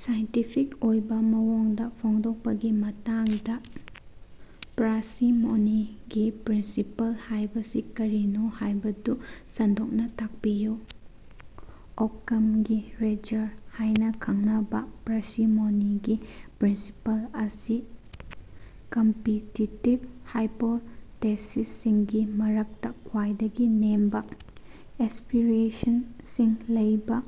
Scientific ꯑꯣꯏꯕ ꯃꯑꯣꯡꯗ ꯐꯣꯡꯗꯣꯛꯄꯒꯤ ꯃꯇꯥꯡꯗ ꯄꯥꯔꯁꯤꯃꯣꯅꯤꯒꯤ ꯄ꯭ꯔꯤꯟꯁꯤꯄꯜ ꯍꯥꯏꯕꯁꯤ ꯀꯔꯤꯅꯣ ꯍꯥꯏꯕꯗꯨ ꯁꯟꯗꯣꯛꯅ ꯇꯥꯛꯄꯤꯌꯨ꯫ ꯑꯣꯛꯀꯝꯒꯤ ꯔꯦꯖꯔ ꯍꯥꯏꯅ ꯈꯪꯅꯕꯥ ꯄꯥꯔꯁꯤꯃꯣꯅꯤꯒꯤ ꯄ꯭ꯔꯤꯟꯁꯤꯄꯜ ꯑꯁꯤ ꯀꯝꯄꯤꯇꯤꯇꯤꯕ ꯍꯥꯏꯄꯣꯇꯦꯁꯤꯁꯁꯤꯡꯒꯤ ꯃꯔꯛꯇꯥ ꯈ꯭ꯋꯥꯏꯗꯒꯤ ꯅꯦꯝꯕꯥ ꯑꯦꯁ꯭ꯄꯤꯔꯦꯁꯟꯁꯤꯡ ꯂꯩꯕ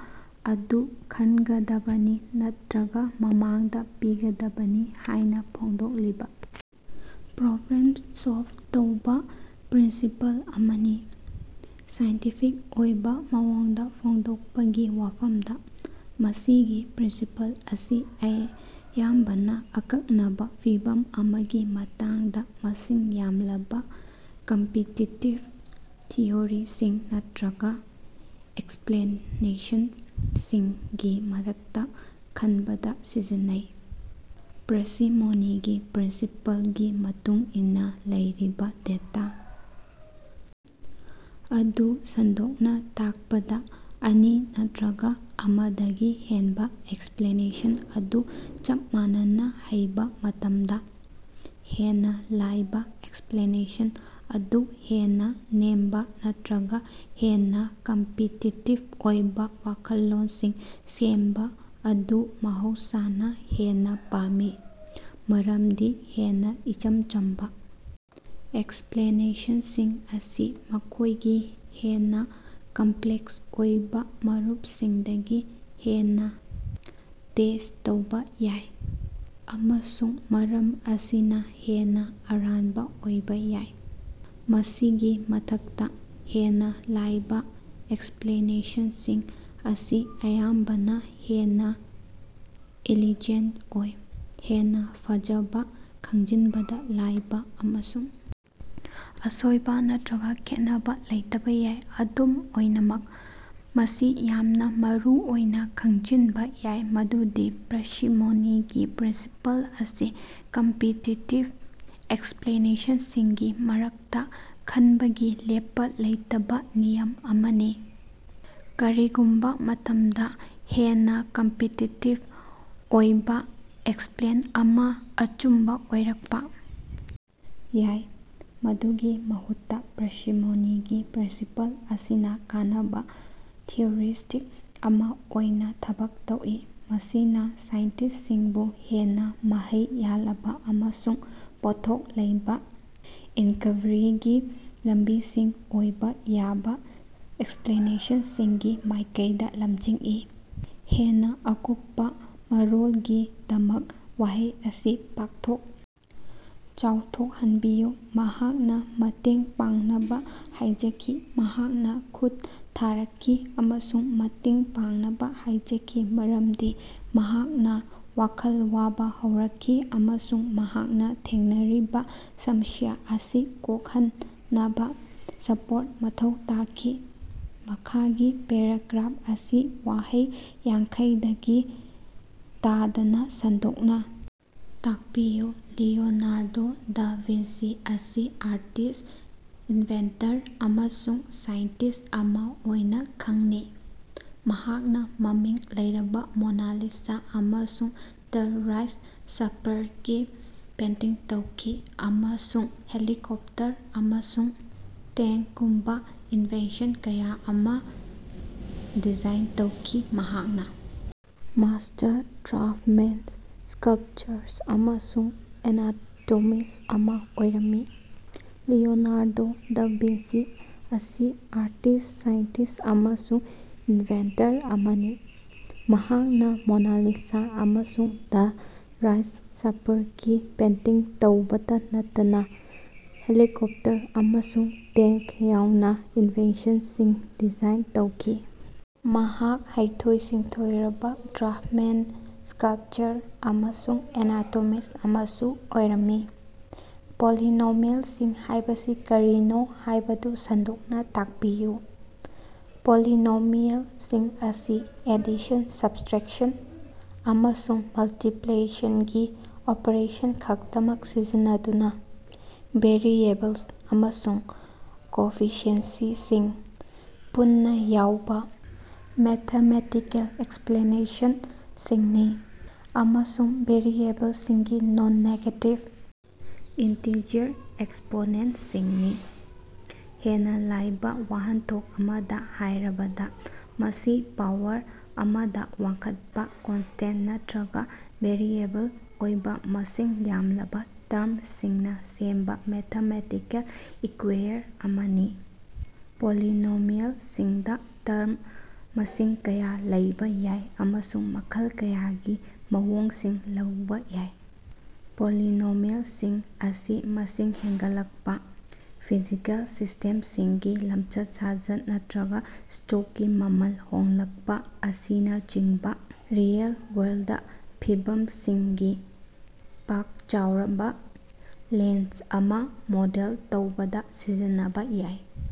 ꯑꯗꯨ ꯈꯟꯒꯗꯕꯅꯤ ꯅꯠꯇꯔꯒ ꯃꯃꯥꯡꯗꯥ ꯄꯤꯒꯗꯕꯅꯤ ꯍꯥꯏꯅꯥ ꯐꯣꯡꯗꯣꯛꯂꯤꯕꯥ ꯄ꯭ꯔꯣꯕ꯭ꯂꯦꯝ ꯁꯣꯜꯕ ꯇꯧꯕꯥ ꯄ꯭ꯔꯤꯟꯁꯤꯄꯜ ꯑꯃꯅꯤ꯫ ꯁꯥꯏꯟꯇꯤꯐꯤꯛ ꯑꯣꯏꯕꯥ ꯃꯑꯣꯡꯗ ꯐꯣꯡꯗꯣꯛꯄꯒꯤ ꯋꯥꯐꯝꯗꯥ, ꯃꯁꯤꯒꯤ ꯄ꯭ꯔꯤꯟꯁꯤꯄꯜ ꯑꯁꯤ ꯑꯌꯥꯝꯕꯅꯥ ꯑꯀꯛꯅꯕꯥ ꯐꯤꯚꯝ ꯑꯃꯒꯤ ꯃꯇꯥꯡꯗꯥ ꯃꯁꯤꯡ ꯌꯥꯝꯂꯕꯥ ꯀꯝꯄꯤꯇꯤꯇꯤꯕ ꯊꯤꯑꯣꯔꯤꯁꯤꯡ ꯅꯠꯇꯔꯒꯥ ꯑꯦꯛꯁꯞꯂꯦꯅꯦꯁꯟꯁꯤꯡꯒꯤ ꯃꯔꯛꯇꯥ ꯈꯟꯕꯗꯥ ꯁꯤꯖꯤꯟꯅꯩ꯫ ꯄꯥꯔꯁꯤꯃꯣꯅꯤꯒꯤ ꯄ꯭ꯔꯤꯟꯁꯤꯄꯜꯒꯤ ꯃꯇꯨꯡ ꯏꯟꯅꯥ, ꯂꯩꯔꯤꯕ ꯗꯦꯇꯥ ꯑꯗꯨ ꯁꯟꯗꯣꯛꯅ ꯇꯥꯛꯄꯗ ꯑꯅꯤ ꯅꯠꯇꯔꯒꯥ ꯑꯃꯗꯒꯤ ꯍꯦꯟꯕꯥ ꯑꯦꯛꯁꯄꯂꯦꯅꯦꯁꯟ ꯑꯗꯨ ꯆꯞ ꯃꯥꯟꯅꯅ ꯍꯩꯕꯥ ꯃꯇꯝꯗꯥ, ꯍꯦꯟꯅꯥ ꯂꯥꯏꯕ ꯑꯦꯛꯁꯄꯂꯦꯅꯦꯁꯟ ꯑꯗꯨ ꯍꯦꯟꯅ ꯅꯦꯝꯕ ꯅꯠꯇꯔꯒꯥ ꯍꯦꯟꯅꯥ ꯀꯝꯄꯤꯇꯤꯇꯤꯕ ꯑꯣꯏꯕꯥ ꯋꯥꯈꯜꯂꯣꯟꯁꯤꯡ ꯁꯦꯝꯕꯥ ꯑꯗꯨ ꯃꯍꯧꯁꯥꯅꯥ ꯍꯦꯟꯅꯥ ꯄꯥꯝꯃꯤ꯫ ꯃꯔꯃꯗꯤ ꯍꯦꯟꯅꯥ ꯏꯆꯝ ꯆꯝꯕꯥ ꯑꯦꯛꯁꯄꯂꯦꯅꯦꯁꯟꯁꯤꯡ ꯑꯁꯤ ꯃꯈꯣꯏꯒꯤ ꯍꯦꯟꯅꯥ ꯀꯝꯄꯂꯦꯛꯁ ꯑꯣꯏꯕꯥ ꯃꯔꯨꯞꯁꯤꯡꯗꯒꯤ ꯍꯦꯟꯅꯥ ꯇꯦꯁꯠ ꯇꯧꯕꯥ ꯌꯥꯏ, ꯑꯃꯁꯨꯡ ꯃꯔꯝ ꯑꯁꯤꯅꯥ ꯍꯦꯟꯅꯥ ꯑꯔꯥꯟꯕꯥ ꯑꯣꯏꯕꯥ ꯌꯥꯏ꯫ ꯃꯁꯤꯒꯤ ꯃꯊꯛꯇꯥ, ꯍꯦꯟꯅꯥ ꯂꯥꯏꯕꯥ ꯑꯦꯛꯁꯄꯂꯦꯅꯦꯁꯟꯁꯤꯡ ꯑꯁꯤ ꯑꯌꯥꯝꯕꯅꯥ ꯍꯦꯟꯅꯥ ꯏꯂꯤꯖꯦꯟꯇ ꯑꯣꯏ, ꯍꯦꯟꯅꯥ ꯐꯖꯅ ꯈꯪꯖꯤꯟꯕꯗꯥ ꯂꯥꯏꯕ ꯑꯃꯁꯨꯡ ꯑꯁꯣꯏꯕꯥ ꯅꯠꯇꯔꯒꯥ ꯈꯦꯠꯅꯕꯥ ꯂꯩꯇꯕꯥ ꯌꯥꯏ꯫ ꯑꯗꯨꯝ ꯑꯣꯏꯅꯃꯛ, ꯃꯁꯤ ꯌꯥꯝꯅꯥ ꯃꯔꯨꯑꯣꯏꯅꯥ ꯈꯪꯖꯤꯅꯕ ꯌꯥꯏ ꯃꯗꯨꯗꯤ ꯄꯥꯔꯁꯤꯃꯣꯅꯤꯒꯤ ꯄ꯭ꯔꯤꯟꯁꯤꯄꯜ ꯑꯁꯤ ꯀꯝꯄꯤꯇꯤꯇꯤꯕ ꯑꯦꯛꯁꯄꯂꯦꯅꯦꯁꯟꯁꯤꯡꯒꯤ ꯃꯔꯛꯇꯥ ꯈꯟꯕꯒꯤ ꯂꯦꯞꯄꯥ ꯂꯩꯇꯕꯥ ꯅꯤꯌꯝ ꯑꯃꯅꯤ꯫ ꯀꯔꯤꯒꯨꯝꯕꯥ ꯃꯇꯝꯗꯥ, ꯍꯦꯟꯅꯥ ꯀꯝꯄꯤꯇꯤꯇꯤꯕ ꯑꯣꯏꯕꯥ ꯑꯦꯛꯁꯄꯂꯦꯟ ꯑꯃꯥ ꯑꯆꯨꯝꯕꯥ ꯑꯣꯏꯔꯛꯄꯥ ꯌꯥꯏ꯫ ꯃꯗꯨꯒꯤ ꯃꯍꯨꯠꯇꯥ, ꯄꯥꯔꯁꯤꯃꯣꯅꯤꯒꯤ ꯄ꯭ꯔꯤꯟꯁꯤꯄꯜ ꯑꯁꯤꯅ ꯀꯥꯟꯅꯕ ꯍꯤꯎꯔꯤꯁꯇꯤꯛ ꯑꯃꯥ ꯑꯣꯏꯅꯥ ꯊꯕꯛ ꯇꯧꯏ, ꯃꯁꯤꯅꯥ ꯁꯥꯏꯟꯇꯤꯁꯇꯁꯤꯡꯕꯨ ꯍꯦꯟꯅꯥ ꯃꯍꯩ ꯌꯥꯜꯂꯕꯥ ꯑꯃꯁꯨꯡ ꯄꯣꯠꯊꯣꯛ ꯂꯩꯕꯥ ꯏꯟꯀꯕꯥꯔꯤꯒꯤ ꯂꯝꯕꯤꯁꯤꯡ ꯑꯣꯏꯕ ꯌꯥꯕ ꯑꯦꯛꯁꯄꯂꯦꯅꯦꯁꯟꯁꯤꯡꯒꯤ ꯃꯥꯏꯀꯩꯗꯥ ꯂꯝꯖꯤꯡꯏ꯫ ꯍꯦꯟꯅꯥ ꯑꯀꯨꯞꯄꯥ ꯃꯔꯣꯂꯒꯤꯗꯃꯛ ꯋꯥꯍꯩ ꯑꯁꯤ ꯄꯥꯛꯊꯣꯛ ꯆꯥꯎꯊꯣꯛꯍꯟꯕꯤꯌꯨ꯫ ꯃꯍꯥꯛꯅꯥ ꯃꯇꯦꯡ ꯄꯥꯡꯅꯕꯥ ꯍꯥꯏꯖꯈꯤ꯫ ꯃꯍꯥꯛꯅꯥ ꯈꯨꯠ ꯊꯥꯔꯛꯈꯤ ꯑꯃꯁꯨꯡ ꯃꯇꯦꯡ ꯄꯥꯡꯅꯕꯥ ꯍꯥꯏꯖꯈꯤ ꯃꯔꯝꯗꯤ ꯃꯍꯥꯛꯅꯥ ꯋꯥꯈꯜ ꯋꯥꯕꯥ ꯍꯧꯔꯛꯈꯤ ꯑꯃꯁꯨꯡ ꯃꯍꯥꯛꯅꯥ ꯊꯦꯡꯅꯔꯤꯕꯥ ꯁꯃꯁ꯭ꯌꯥ ꯑꯁꯤ ꯀꯣꯛꯍꯟꯅꯕꯥ ꯁꯄꯣꯔꯠ ꯃꯊꯧ ꯇꯥꯈꯤ꯫ ꯃꯈꯥꯒꯤ ꯄꯦꯔꯥꯒ꯭ꯔꯥꯐ ꯑꯁꯤ ꯋꯥꯍꯩ ꯌꯥꯡꯈꯩꯗꯒꯤ ꯇꯥꯗꯅꯥ ꯁꯟꯗꯣꯛꯅꯥ ꯇꯥꯛꯄꯤꯌꯨ: "ꯂꯤꯑꯣꯅꯥꯔꯗꯣ ꯗꯥ ꯚꯤꯟꯁꯤ ꯑꯁꯤ ꯑꯥꯔꯇꯤꯁꯠ, ꯏꯟꯚꯦꯟꯇꯔ ꯑꯃꯁꯨꯡ ꯁꯥꯏꯟꯇꯤꯁꯠ ꯑꯃꯥ ꯑꯣꯏꯅꯥ ꯈꯪꯅꯤ꯫ ꯃꯍꯥꯛꯅꯥ ꯃꯃꯤꯡ ꯂꯩꯔꯕꯥ ꯃꯣꯅꯥ ꯂꯤꯁꯥ ꯑꯃꯁꯨꯡ ꯗ ꯔꯥꯏꯁ ꯁꯄꯥꯔꯒꯤ ꯄꯦꯟꯇꯤꯡ ꯇꯧꯈꯤ, ꯑꯃꯁꯨꯡ ꯍꯦꯂꯤꯀꯣꯞꯇꯔ ꯑꯃꯁꯨꯡ ꯇꯦꯉ꯭ꯛꯒꯨꯝꯕꯥ ꯏꯅꯚꯦꯟꯁꯟ ꯀꯌꯥ ꯑꯃ ꯗꯤꯖꯥꯏꯟ ꯇꯧꯈꯤ꯫ ꯃꯍꯥꯛꯅꯥ꯫ ꯃꯥꯁ꯭ꯇꯔ ꯗ꯭ꯔꯥꯐꯇꯁꯃꯦꯟ, ꯁ꯭ꯀꯥꯂꯄꯆꯥꯔ ꯑꯃꯁꯨꯡ ꯑꯦꯅꯥꯇꯣꯃꯤꯁꯠ ꯑꯃꯥ ꯑꯣꯏꯔꯝꯃꯤ꯫" ꯂꯤꯑꯣꯅꯥꯔꯗꯣ ꯗꯥ ꯚꯤꯟꯁꯤ ꯑꯁꯤ ꯑꯥꯔꯇꯤꯁꯠ, ꯁꯥꯏꯟꯇꯤꯁꯠ ꯑꯃꯁꯨꯡ ꯏꯟꯚꯦꯟꯇꯔ ꯑꯃꯅꯤ, ꯃꯍꯥꯛꯅꯥ ꯃꯣꯅꯥ ꯂꯤꯁꯥ ꯑꯃꯁꯨꯡ ꯗ ꯂꯥꯁꯠ ꯁꯄꯥꯔꯒꯤ ꯄꯦꯟꯇꯤꯡ ꯇꯧꯕꯇꯥ ꯅꯠꯇꯅꯥ ꯍꯦꯂꯤꯀꯣꯞꯇꯔ ꯑꯃꯁꯨꯡ ꯇꯦꯡꯀ ꯌꯥꯎꯅ ꯏꯟꯚꯦꯟꯁꯟꯁꯤꯡ ꯗꯤꯖꯥꯏꯟ ꯇꯧꯈꯤ꯫ ꯃꯍꯥꯛ ꯍꯩꯊꯣꯏ-ꯁꯤꯡꯊꯣꯏꯔꯕꯥ ꯗ꯭ꯔꯥꯐ꯭ꯇꯃꯦꯟ, ꯁ꯭ꯀꯥꯂꯄꯆꯥꯔ ꯑꯃꯁꯨꯡ ꯑꯦꯅꯥꯇꯣꯃꯤꯁꯠ ꯑꯃꯁꯨ ꯑꯣꯏꯔꯝꯃꯤ꯫ ꯄꯣꯂꯤꯅꯣꯃꯦꯜꯁꯤꯡ ꯍꯥꯏꯕꯁꯤ ꯀꯔꯤꯅꯣ ꯍꯥꯏꯕꯗꯨ ꯁꯟꯗꯣꯛꯅꯥ ꯇꯥꯛꯄꯤꯌꯨ꯫ ꯄꯣꯂꯤꯅꯣꯃꯤꯑꯦꯜꯁꯤꯡ ꯑꯁꯤ ꯑꯦꯗꯤꯁꯟ, ꯁꯕꯇꯔꯦꯛꯁꯟ, ꯑꯃꯁꯨꯡ ꯃꯜꯇꯤꯄꯂꯦꯁꯅꯒꯤ ꯑꯣꯄꯔꯦꯁꯟ ꯈꯛꯇꯃꯛ ꯁꯤꯖꯤꯟꯅꯗꯨꯅꯥ ꯚꯦꯔꯤꯑꯦꯕꯜ ꯑꯃꯁꯨꯡ ꯀꯣꯑꯣꯐꯤꯁꯤꯑꯦꯟꯁꯤꯁꯤꯡ ꯄꯨꯟꯅꯥ ꯌꯥꯎꯕꯥ ꯃꯦꯊꯃꯦꯇꯤꯀꯦꯜ ꯑꯦꯛꯁꯞꯔꯦꯁꯟꯁꯤꯡꯅꯤ, ꯑꯃꯁꯨꯡ ꯚꯦꯔꯤꯑꯦꯕꯜꯁꯤꯡꯒꯤ ꯅꯟ-ꯅꯦꯒꯦꯇꯤꯕ ꯏꯟꯇꯤꯖꯔ ꯑꯦꯛꯁꯄꯣꯅꯦꯟꯇꯁꯤꯡꯅꯤ꯫ ꯍꯦꯟꯅꯥ ꯂꯥꯏꯕꯥ ꯋꯥꯍꯟꯊꯣꯛ ꯑꯃꯗꯥ ꯍꯥꯏꯔꯕꯗꯥ, ꯃꯁꯤ ꯄꯥꯋꯔ ꯑꯃꯗꯥ ꯋꯥꯡꯈꯠꯄꯥ ꯀꯣꯟꯁꯇꯦꯟꯇ ꯅꯠꯇꯔꯒꯥ ꯚꯦꯔꯤꯑꯦꯕꯜ ꯑꯣꯏꯕꯥ ꯃꯁꯤꯡ ꯌꯥꯝꯂꯕꯥ ꯇꯔꯃꯁꯤꯡꯅꯥ ꯁꯦꯝꯕꯥ ꯃꯦꯊꯃꯦꯇꯤꯀꯦꯜ ꯏꯀ꯭ꯌꯨꯏꯌꯔ ꯑꯃꯅꯤ꯫ ꯄꯣꯂꯤꯅꯣꯃꯤꯑꯦꯜꯁꯤꯡꯗꯥ ꯇꯔꯝ ꯃꯁꯤꯡ ꯀꯌꯥ ꯂꯩꯕꯥ ꯌꯥꯏ ꯑꯃꯁꯨꯡ ꯃꯈꯜ ꯀꯌꯥꯒꯤ ꯃꯑꯣꯡꯁꯤꯡ ꯂꯧꯕꯥ ꯌꯥꯏ꯫ ꯄꯣꯂꯤꯅꯣꯃꯤꯑꯦꯜꯁꯤꯡ ꯑꯁꯤ ꯃꯤꯁꯤꯡ ꯍꯦꯟꯒꯠꯂꯛꯄꯥ, ꯐꯤꯖꯤꯀꯦꯜ ꯁꯤꯁꯇꯦꯝꯁꯤꯡꯒꯤ ꯂꯝꯆꯠ-ꯁꯥꯖꯠ ꯅꯠꯇꯔꯒꯥ ꯁ꯭ꯇꯣꯛꯀꯤ ꯃꯃꯜ ꯍꯣꯡꯂꯀꯄꯥ ꯑꯁꯤꯅꯆꯤꯡꯕꯥ ꯔꯤꯑꯦꯜ-ꯋꯥꯔꯜꯗ ꯐꯤꯚꯝꯁꯤꯡꯒꯤ ꯄꯥꯛ-ꯆꯥꯎꯔꯕꯥ ꯅꯟꯖ ꯑꯃ ꯃꯣꯗꯦꯜ ꯇꯧꯕꯗ ꯁꯤꯖꯤꯟꯅꯕꯥ ꯌꯥꯏ꯫।